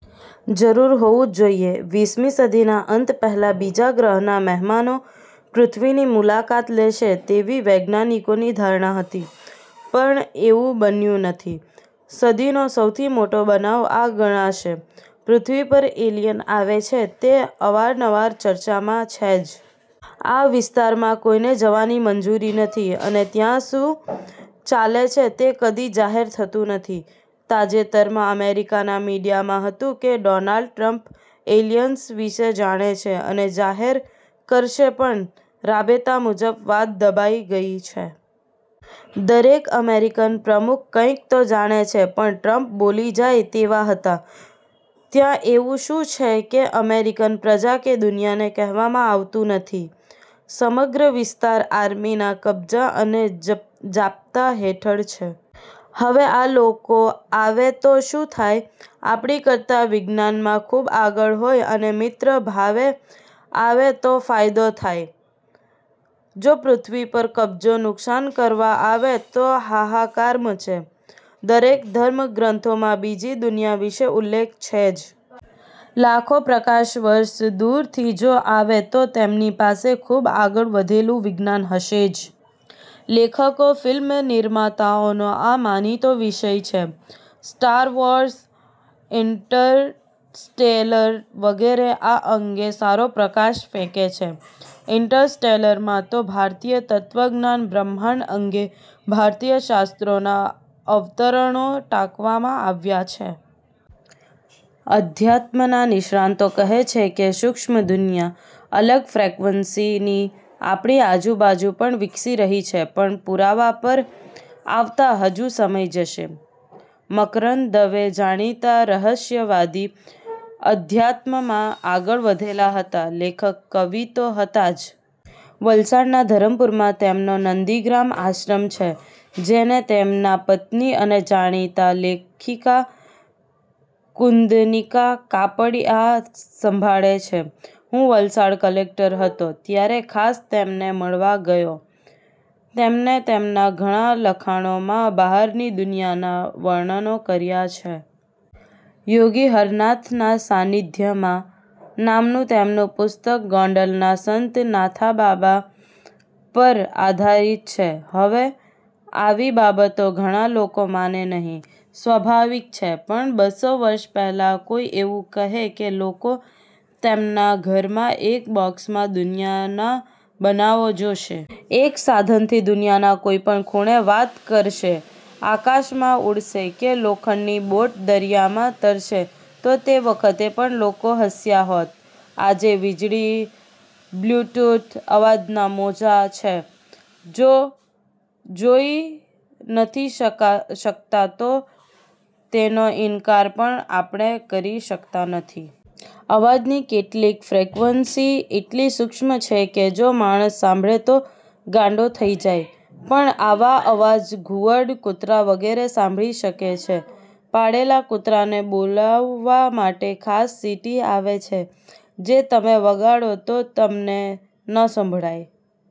જરૂર હોવું જ જોઈએ. વીસમી સદીના અંત પહેલાં બીજા ગ્રહના મહેમાનો પૃથ્વીની મુલાકાત લેશે તેવી વૈજ્ઞાનિકોની ધારણા હતી, પણ એવું બન્યું નથી. સદીનો સૌથી મોટો બનાવ આ ગણાશે. પૃથ્વી પર એલિયન આવે છે તે અવારનવાર ચર્ચામાં છે જ. આ વિસ્તારમાં કોઈને જવાની મંજુરી નથી અને ત્યાં શું ચાલે છે તે કદી જાહેર થતું નથી. તાજેતરમાં અમેરિકાના મીડિયા માં હતું કે ડોનાલ્ડ ટ્રમ્પ એલિયન્સ વિશે જાણે છે અને જાહેર કરશે પણ રાબેતા મુજબ વાત દબાઈ ગઈ છે. દરેક અમેરિકન પ્રમુખ કંઇક તો જાણે છે પણ ટ્રમ્પ બોલી જાય તેવા હતા. ત્યાં એવું શું છે કે અમેરિકન પ્રજા કે દુનિયાને કહેવામાં આવતું નથી? સમગ્ર વિસ્તાર આર્મીના કબજા અને જાપ્તા હેઠળ છે. હવે આ લોકો આવે તો શું થાય? આપણી કરતા વિજ્ઞાનમાં ખૂબ આગળ હોય અને મિત્ર ભાવે આવે તો ફાયદો થાય. જો પૃથ્વી પર કબજો, નુકસાન કરવા આવે તો હાહાકાર મચે. દરેક ધર્મ ગ્રંથોમાં બીજી દુનિયા વિશે ઉલ્લેખ છે જ. લાખો પ્રકાશ વર્ષ દૂરથી જો આવે તો તેમની પાસે ખૂબ આગળ વધેલું વિજ્ઞાન હશે જ. લેખકો, ફિલ્મ નિર્માતાઓનો આ માનીતો વિષય છે. સ્ટાર વૉર્સ, ઇન્ટરસ્ટેલર વગેરે, આ અંગે સારો પ્રકાશ ફેંકે છે. ઇન્ટરસ્ટેલર માં તો ભારતીય તત્વજ્ઞાન, બ્રહ્માંડ અંગે ભારતીય શાસ્ત્રોના અવતરણો ટાંકવામાં આવ્યા છે. અધ્યાત્મના નિષ્ણાંતો કહે છે કે સૂક્ષ્મ દુનિયા, અલગ ફ્રેક્વેનસી ની આપણી આજુબાજુ પણ વિકસી રહી છે પણ પુરાવા પર આવતા હજુ સમય જશે. મકરંદ દવે જાણીતા રહસ્યવાદી, અધ્યાત્મ માં આગળ વધેલા હતા. લેખક, કવિ તો હતાં જ. વલસાડના ધરમપુરમાં તેમનો "નંદીગ્રામ" આશ્રમ છે જેને તેમના પત્ની અને જાણીતા લેખિકા કુન્દનિકા કાપડીઆ સંભાળે છે. હું વલસાડ કલેકટર હતો ત્યારે ખાસ તેમને મળવા ગયો. તેમને તેમના ઘણા લખાણો માં બહારની દુનિયાના વર્ણનો કર્યા છે. "યોગી હરનાથના સાનિધ્યમાં" નામનું તેમનું પુસ્તક ગોંડલના સંત નાથાબાપા પર આધારિત છે. હવે આવી બાબતો ઘણા લોકો માને નહિ. સ્વાભાવિક છે પણ બસો વર્ષ પહેલાં કોઈ એવું કહે કે લોકો તેમના ઘરમાં એક બોકસમાં દુનિયાના બનાવો જોશે. એક સાધનથી દુનિયાના કોઈ પણ ખૂણે વાત કરશે, આકાશમાં ઉડશે કે લોખંડની બોટ દરિયામાં તરશે તો તે વખતે પણ લોકો હસ્યા હોત. આજે વીજળી, બ્લ્યુટૂથ, અવાજના મોજા, છે, જોઈ નથી શકતા તો તેનો ઇનકાર પણ આપણે કરી શકતા નથી. અવાજની કેટલીક ફ્રેક્વેનસી એટલી સૂક્ષ્મ છે કે જો માણસ સાંભળે તો ગાંડો થઈ જાય, પણ આવા અવાજ ઘુવડ, કૂતરા વગેરે સાંભળી શકે છે. પાળેલા કૂતરાને બોલાવવા માટે ખાસ સીટી આવે છે જે તમે વગાડો તો તમને ન સંભળાય